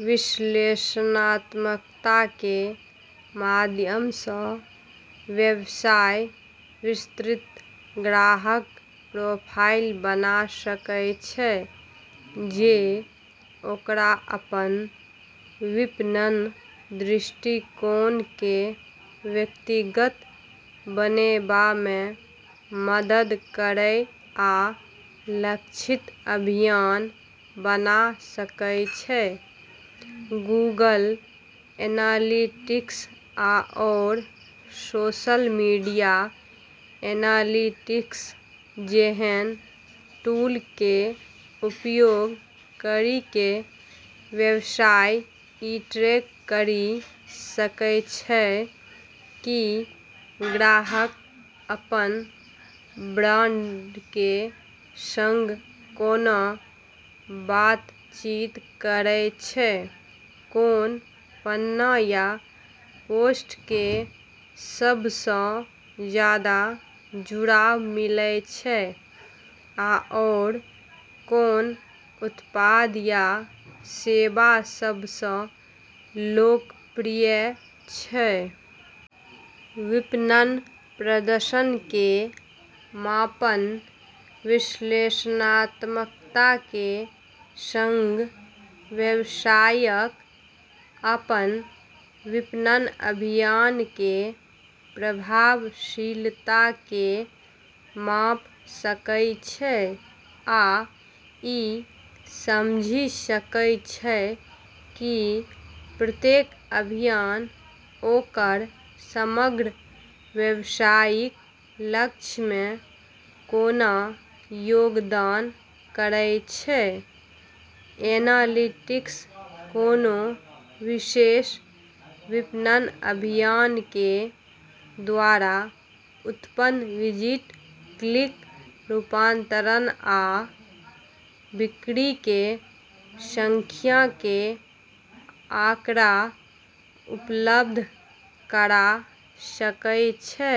विश्लेषणात्मकताके माध्यमसँ व्यवसाय विस्तृत ग्राहक प्रोफाइल बना सकै छै जे ओकरा अपन विपणन दृष्टिकोणके व्यक्तिगत बनेबामे मदद करै आ लक्षित अभियान बना सकय छै । गूगल एनालिटिक्स आओर सोशल मीडिया एनालिटिक्स जेहन टूलके उपयोग करिके व्यवसाय ई ट्रैक करि सकै छै कि ग्राहक अपन ब्रांडके सङ्ग कोना बातचीत करै छै, कोन पन्ना या पोस्टके सबसँ जादा जुड़ाव मिलै छै, आओर कोन उत्पाद या सेवा सबसँ लोकप्रिय छै। विपणन प्रदर्शनके मापन विश्लेषणात्मकताके सङ्ग, व्यवसायक अपन विपणन अभियानके प्रभावशीलताके माप सकय छै आ ई समझि सकय छै की प्रत्येक अभियान ओकर समग्र व्यवसायिक लक्ष्यमे कोना योगदान करय छै। एनालिटिक्स कोनो विशेष विपणन अभियानके द्वारा उत्पन्न विजिट, क्लिक, रूपांतरण, आ बिक्रीके संख्याके आँकड़ा उपलब्ध करा सकय छै।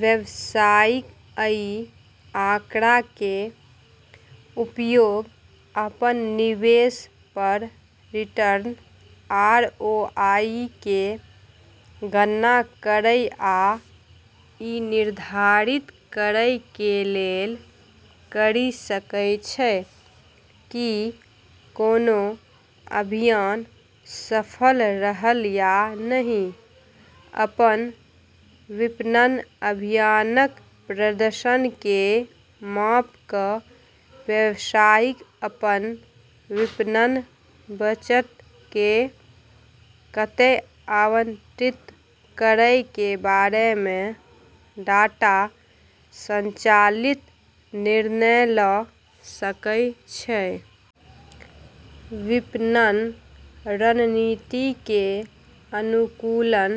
व्यवसायिक अइ आँकड़ाके उपयोग अपन निवेश पर रिटर्न (आरओआई) केँ गणना करय आ ई निर्धारित करैके लेल करि सकै छै कि कोनो अभियान सफल रहल या नहि । अपन विपणन अभियानक प्रदर्शनके माप क' व्यवसायिक अपन विपणन बजटके कतय आवंटित करयके बारेमे डाटा संचालित निर्णय ल' सकय छै । विपणन रणनीतिके अनुकूलन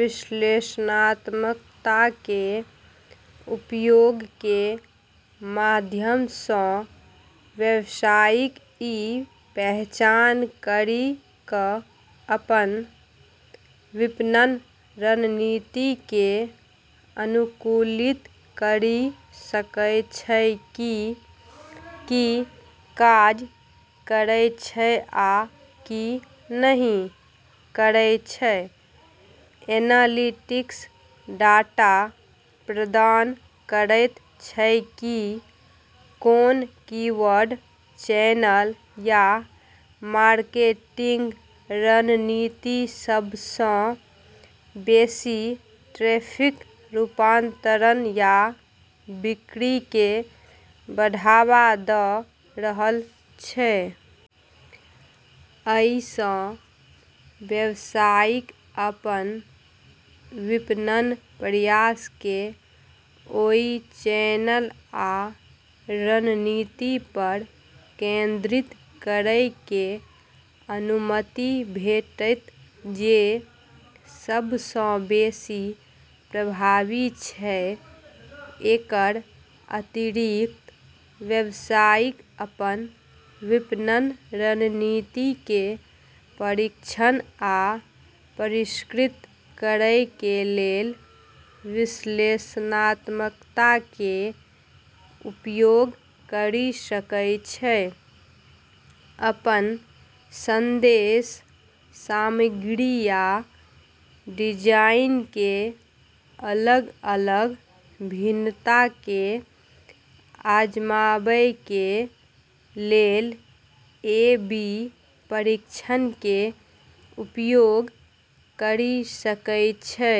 विश्लेषणात्मकताके उपयोगके माध्यमसँ व्यवसायिक ई पहचान करि क' अपन विपणन रणनीतिकें अनुकूलित करि सकय छै कि, की काज करय छै आ की नहि करय छै । एनालिटिक्स डाटा प्रदान करैत छै की कोन कीवर्ड, चैनल, या मार्केटिंग रणनीति सबसँ बेशी ट्रैफिक, रूपांतरण या बिक्रीके बढ़ावा द' रहल छै । अइ सँ व्यवसायिक अपन विपणन प्रयासके ओइ चैनल आ रणनीति पर केंद्रित करैके अनुमति भेटैत जे सबसँ बेशी प्रभावी छै । एकर अतिरिक्त, व्यवसायिक अपन विपणन रणनीतिके परीक्षण आ परिष्कृत करैके लेल विश्लेषणात्मकताके उपयोग करि सकै छै, अपन संदेश, सामग्री या डिजाइनके अलग-अलग भिन्नताके आजमाबैके लेल ए/बी परीक्षणके उपयोग करि सकै छै।